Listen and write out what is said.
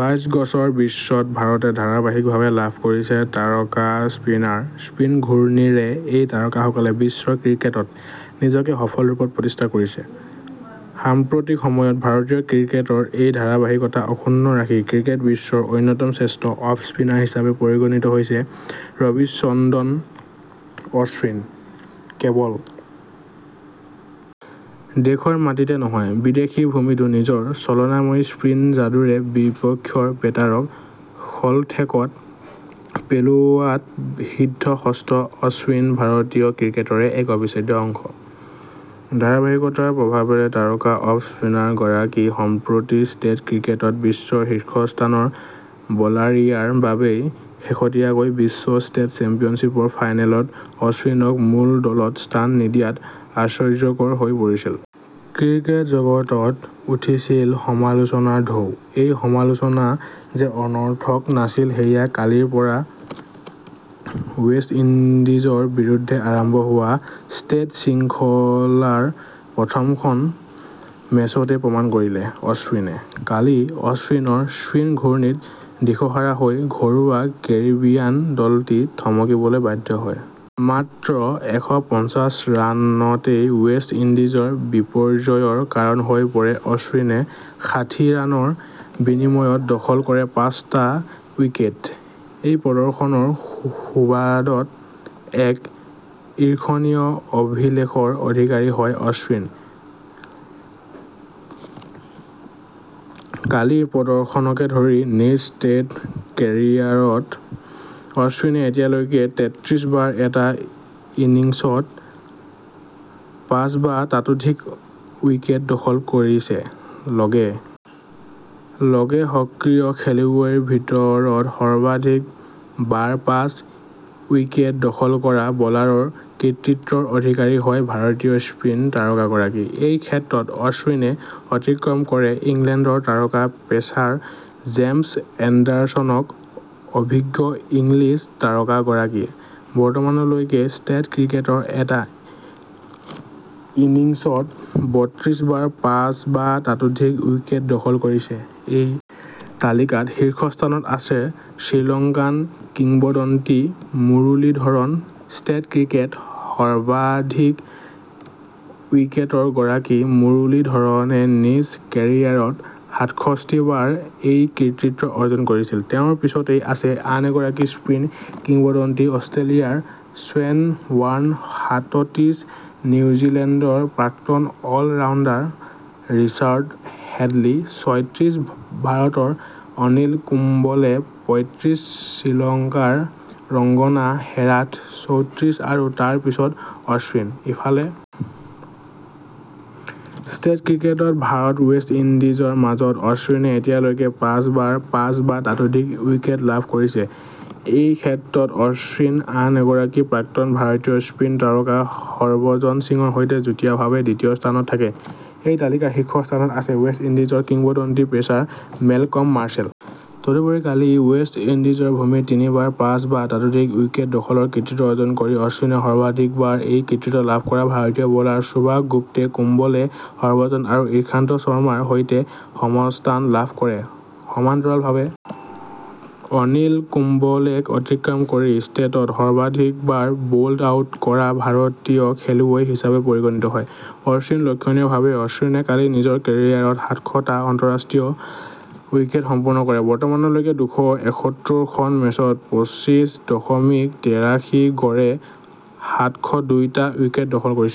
বাইছ গজৰ বিশ্বত ভাৰতে ধাৰাবাহিকভাৱে লাভ কৰিছে তাৰকা স্পিনাৰ স্পীন ঘূৰ্ণীৰে এই তাৰকাসকলে বিশ্ব ক্ৰিকেটত নিজকে সফল ৰূপত প্ৰতিষ্ঠা কৰিছে। সাম্প্ৰতিক সময়ত ভাৰতীয় ক্ৰিকেটৰ এই ধাৰাবাহিকতা অক্ষুণ্ণ ৰাখি ক্ৰিকেট বিশ্বৰ অন্যতম শ্ৰেষ্ঠ অফ স্পিনাৰ হিচাপে পৰিগণিত হৈছে ৰবিচন্দ্ৰন অশ্বিন। কেৱল দেশৰ মাটিতে নহয় বিদেশী ভূমিতো নিজৰ চলনাময়ী স্পীন যাদুৰে বিপক্ষৰ বেটাৰক শলঠেকত পেলোৱাত সিদ্ধ হস্ত অশ্বিন ভাৰতীয় ক্ৰিকেটৰে এক অবিচ্ছেদ্য অংশ ।ধাৰাবাহিকতাৰ প্ৰভাৱেৰে তাৰকা অফ স্পিনাৰগৰাকী সম্প্ৰতি টেষ্ট ক্ৰিকেটত বিশ্বৰ শীৰ্ষস্থানৰ বলাৰইয়াৰ বাবেই শেহতীয়াকৈ বিশ্ব টেষ্ট চেম্পিয়নশ্বিপৰ ফাইনেলত অশ্বিনক মূল দলত স্থান নিদিয়াত আশ্চৰ্যকৰ হৈ পৰিছিল। ক্ৰিকেট জগতত উঠিছিল সমালোচনাৰ ঢৌ। এই সমালোচনা যে অনৰ্থক নাছিল সেয়া কালিৰ পৰা ৱেষ্ট ইণ্ডিজৰ বিৰুদ্ধে আৰম্ভ হোৱা টেষ্ট শৃংখলাৰ প্ৰথমখন মেচতে প্ৰমাণ কৰিলে অশ্বিনে। কালি অশ্বিনৰ স্পীন ঘূৰ্ণীত দিশহাৰা হৈ ঘৰুৱা কেৰিবিয়ান দলটি থমকিবলৈ বাধ্য হয়। মাত্ৰ এশ পঞ্চাছ ৰানতেৱেষ্ট ইণ্ডিজৰ বিপৰ্যয়ৰ কাৰণ হৈ পৰা অশ্বিনে ষাঠি ৰানৰ বিনিময়ত দখল কৰে পাঁচটা উইকেট। এই প্ৰদৰ্শনৰ সুবাদত এক ঈৰ্ষণীয় অভিলেখৰ অধিকাৰী হয় অশ্বিন কালিৰ প্ৰদৰ্শনকে ধৰি নিজ টেষ্ট কেৰিয়াৰত অশ্বিনে এতিয়ালৈকে তেতত্ৰিছ বাৰ এটা ইনিংছত পাঁচ বা তাতোধিক উইকেট দখল কৰিছে। লগে লগে সক্ৰিয় খেলুৱৈৰ ভিতৰত সৰ্বাধিক বাৰ পাঁচ উইকেট দখল কৰা বলাৰৰ কৃতিত্বৰ অধিকাৰী হয় ভাৰতীয় স্পীন তাৰকাগৰাকী। এই ক্ষেত্ৰত অশ্বিনে অতিক্ৰম কৰে ইংলেণ্ডৰ তাৰকা পেচাৰ জেমচ এণ্ডাৰছনক অভিজ্ঞ ইংলিছ তাৰকাগৰাকীয়ে। বৰ্তমানলৈকে টেষ্ট ক্ৰিকেটৰ এটা ইনিংছত বত্ৰিশ বাৰ পাঁচ বা তাতোধিক উইকেট দখল কৰিছে। এই তালিকাত শীৰ্ষস্থানত আছে শ্ৰীলংকান কিংবদন্তি মুৰুলীধৰণ টেষ্ট ক্ৰিকেটত সৰ্বাধিক উইকেটৰ গৰাকী মুৰুলীধৰণে নিজ কেৰিয়াৰত সাতষষ্ঠি বাৰ এই কৃতিত্ব অৰ্জন কৰিছিল। তেওঁৰ পিছতে আছে আন এগৰাকী স্পীন কিংবদন্তি অষ্ট্ৰেলিয়াৰ শ্বেন ৱাৰ্ণ সাতত্ৰিছ নিউজিলেণ্ডৰ প্ৰাক্তন অল ৰাউণ্ডাৰ ৰিচাৰ্ড হেডলী ছয়ত্ৰিছ ভাৰতৰ অনিল কুম্বলে পয়ত্ৰিছ শ্ৰীলংকাৰ ৰঙ্গনা হেৰাথ চৌত্ৰিছ আৰু তাৰ পিছত অশ্বিন। ইফালে টেষ্ট ক্ৰিকেটত ভাৰতৱেষ্ট ইণ্ডিজৰ মাজত অশ্বিনে এতিয়ালৈকে পাঁচবাৰ পাঁচ বা তাতোধিক উইকেট লাভ কৰিছে। এই ক্ষেত্ৰত অশ্বিন আন এগৰাকী প্ৰাক্তন ভাৰতীয় স্পীন তাৰকা হৰভজন সিঙৰ সৈতে যুটীয়াভাৱে দ্বিতীয় স্থানত থাকে। এই তালিকাৰ শীৰ্ষস্থানত আছে ৱেষ্ট ইণ্ডিজৰ কিংবদন্তী পেচাৰ মেলকম মাৰ্শ্বেল । তদুপৰি কালি ৱেষ্ট ইণ্ডিজৰ ভূমিত তিনিবাৰ পাঁচ বা তাতোধিক উইকেট দখলৰ কৃতিত্ব অৰ্জন কৰি অশ্বিনে সৰ্বাধিকবাৰ এই কৃতিত্ব লাভ কৰা ভাৰতীয় বলাৰ সুভাষ গুপ্তে কুম্বলে হৰভজন আৰু ঈশান্ত শৰ্মাৰ সৈতে সমস্থান লাভ কৰে। সমান্তৰালভাৱে অনিল কুম্বলেক অতিক্ৰম কৰি টেষ্টত সৰ্বাধিকবাৰ বল্ড আউট কৰা ভাৰতীয় খেলুৱৈ হিচাপে পৰিগণিত হয় ।অশ্বিন লক্ষণীয়ভাৱে অশ্বিনে কালি নিজৰ কেৰিয়াৰত সাতশটা আন্তঃৰাষ্ট্ৰীয় উইকেট সম্পূৰ্ণ কৰে। বৰ্তমানলৈকে দুশ এসত্তৰ খন মেচত পঁচিছ দশমিক তেৰাশী গড়ে সাতশ দুই টা উইকেট দখল কৰিছে।